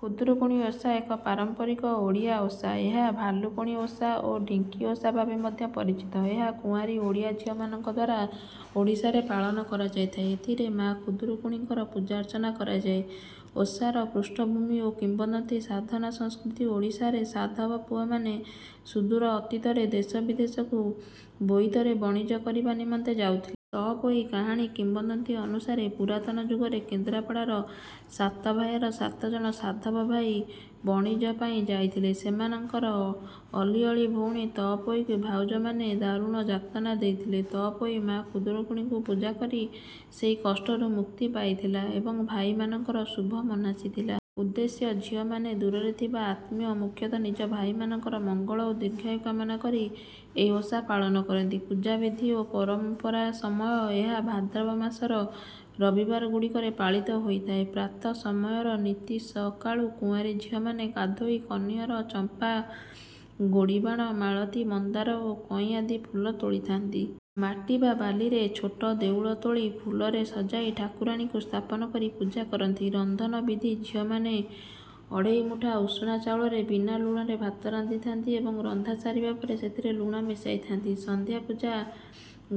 ଖୁଦୁରୁକୁଣି ଓଷା ଏକ ପାରମ୍ପାରିକ ଓଡ଼ିଆ ଓଷା। ଏହା 'ଭାଲୁକୁଣି ଓଷା' ଓ 'ଢିଙ୍କି ଓଷା' ଭାବେ ମଧ୍ୟ ପରିଚିତ। ଏହା କୁଆଁରୀ ଓଡ଼ିଆ ଝିଅମାନଙ୍କ ଦ୍ୱାରା ଓଡ଼ିଶାରେ ପାଳନ କରାଯାଇଥାଏ। ଏଥିରେ ମା' ଖୁଦୁରୁକୁଣିଙ୍କର ପୂଜା-ଅର୍ଚ୍ଚନା କରାଯାଏ। ଓଷାର ପୃଷ୍ଠଭୂମି ଓ କିମ୍ବଦନ୍ତୀ ସାଧବ ସଂସ୍କୃତି ଓଡ଼ିଶାରେ ସାଧବ ପୁଅମାନେ ସୁଦୂର ଅତୀତରେ ଦେଶବିଦେଶକୁ ବୋଇତରେ ବଣିଜ କରିବା ନିମନ୍ତେ ଯାଉଥିଲେ। ତଅପୋଇ କାହାଣୀ କିମ୍ବଦନ୍ତୀ ଅନୁସାରେ ପୁରାତନ ଯୁଗରେ କେନ୍ଦ୍ରାପଡ଼ାର ସାତଭାୟାର ସାତଜଣ ସାଧବ ଭାଇ ବଣିଜ ପାଇଁ ଯାଉଥିଲେ। ସେମାନଙ୍କର ଅଲିଅଳି ଭଉଣୀ ତଅପୋଇକୁ ଭାଉଜମାନେ ଦାରୁଣ ଯାତନା ଦେଉଥିଲେ। ତଅପୋଇ ମା' ଖୁଦୁରୁକୁଣିଙ୍କୁ ପୂଜା କରି ସେହି କଷ୍ଟରୁ ମୁକ୍ତି ପାଇଥିଲା ଏବଂ ଭାଇମାନଙ୍କର ଶୁଭ ମନାସିଥିଲା। ଉଦ୍ଦେଶ୍ୟ ଝିଅମାନେ ଦୂରରେ ଥିବା ଆତ୍ମୀୟ, ମୁଖ୍ୟତଃ ନିଜ ଭାଇମାନଙ୍କର ମଙ୍ଗଳ ଓ ଦୀର୍ଘାୟୁ କାମନା କରି ଏହି ଓଷା ପାଳନ କରନ୍ତି। ପୂଜାବିଧି ଓ ପରମ୍ପରାସମୟ ଏହା ଭାଦ୍ରବ ମାସର ରବିବାରଗୁଡ଼ିକରେ ପାଳିତ ହୋଇଥାଏ। ପ୍ରାତଃ ସମୟର ନୀତି ସକାଳୁ କୁଆଁରୀ ଝିଅମାନେ ଗାଧୋଇ କନିଅର, ଚମ୍ପା, ଗୋଡ଼ିବାଣ, ମାଳତୀ, ମନ୍ଦାର ଓ କଇଁ ଆଦି ଫୁଲ ତୋଳିଥାନ୍ତି। ମାଟି ବା ବାଲିରେ ଛୋଟ ଦେଉଳ ତୋଳି, ଫୁଲରେ ସଜାଇ ଠାକୁରାଣୀଙ୍କୁ ସ୍ଥାପନ କରି ପୂଜା କରନ୍ତି। ରନ୍ଧନ ବିଧି ଝିଅମାନେ ଅଢ଼େଇ ମୁଠା ଉଷୁନା ଚାଉଳରେ ବିନା ଲୁଣରେ ଭାତ ରାନ୍ଧିଥାନ୍ତି ଏବଂ ରନ୍ଧା ସରିବା ପରେ ସେଥିରେ ଲୁଣ ମିଶାଇଥାନ୍ତି। ସନ୍ଧ୍ୟା ପୂଜା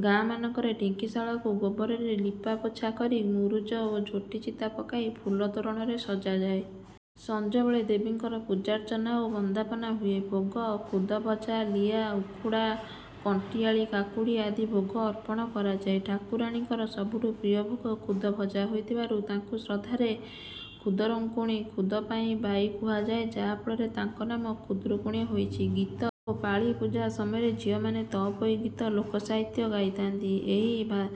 ଗାଁମାନଙ୍କରେ ଢିଙ୍କିଶାଳକୁ ଗୋବରରେ ଲିପାପୋଛା କରି, ମୁରୁଜ ଓ ଝୋଟି ଚିତା ପକାଇ, ଫୁଲ ତୋରଣରେ ସଜାଯାଏ। ସଞ୍ଜବେଳେ ଦେବୀଙ୍କର ପୂଜାର୍ଚ୍ଚନା ଓ ବନ୍ଦାପନା ହୁଏ। ଭୋଗ ଖୁଦ ଭଜା, ଲିଆ, ଉଖୁଡ଼ା, କଣ୍ଟିଆଳି କାକୁଡ଼ି ଆଦି ଭୋଗ ଅର୍ପଣ କରାଯାଏ। ଠାକୁରାଣୀଙ୍କର ସବୁଠୁ ପ୍ରିୟ ଭୋଗ 'ଖୁଦଭଜା' ହୋଇଥିବାରୁ ତାଙ୍କୁ ଶ୍ରଦ୍ଧାରେ ଖୁଦରଙ୍କୁଣି, ଖୁଦ ପାଇଁ ବାଇ କୁହାଯାଏ, ଯାହାଫଳରେ ତାଙ୍କ ନାମ 'ଖୁଦୁରୁକୁଣି' ହୋଇଛି। ଗୀତ ଓ ପାଳି ପୂଜା ସମୟରେ ଝିଅମାନେ 'ତଅପୋଇ ଗୀତ' ଲୋକସାହିତ୍ୟ ଗାଇଥାନ୍ତି। ଏହି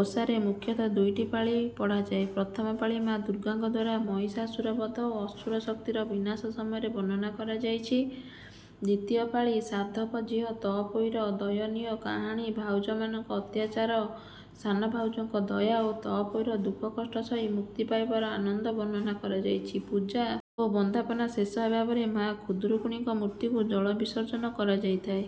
ଓଷାରେ ମୁଖ୍ୟତଃ ଦୁଇଟି ପାଳି ପଢ଼ାଯାଏ। ପ୍ରଥମ ପାଳି ମା' ଦୁର୍ଗାଙ୍କ ଦ୍ୱାରା ମହିଷାସୁର ବଧ ଓ ଅସୁର ଶକ୍ତିର ବିନାଶ ବିଷୟରେ ବର୍ଣ୍ଣନା କରାଯାଇଛି। ଦ୍ୱିତୀୟ ପାଳି ସାଧବ ଝିଅ ତଅପୋଇର ଦୟନୀୟ କାହାଣୀ, ଭାଉଜମାନଙ୍କ ଅତ୍ୟାଚାର, ସାନ ଭାଉଜଙ୍କ ଦୟା ଓ ତଅପୋଇର ଦୁଃଖକଷ୍ଟ ସହି ମୁକ୍ତି ପାଇବାର ଆନନ୍ଦ ବର୍ଣ୍ଣନା କରାଯାଇଛି। ପୂଜା ଓ ବନ୍ଦାପନା ଶେଷ ହେବା ପରେ ମା' ଖୁଦୁରୁକୁଣିଙ୍କ ମୂର୍ତ୍ତିକୁ ଜଳ-ବିସର୍ଜନ କରାଯାଇଥାଏ।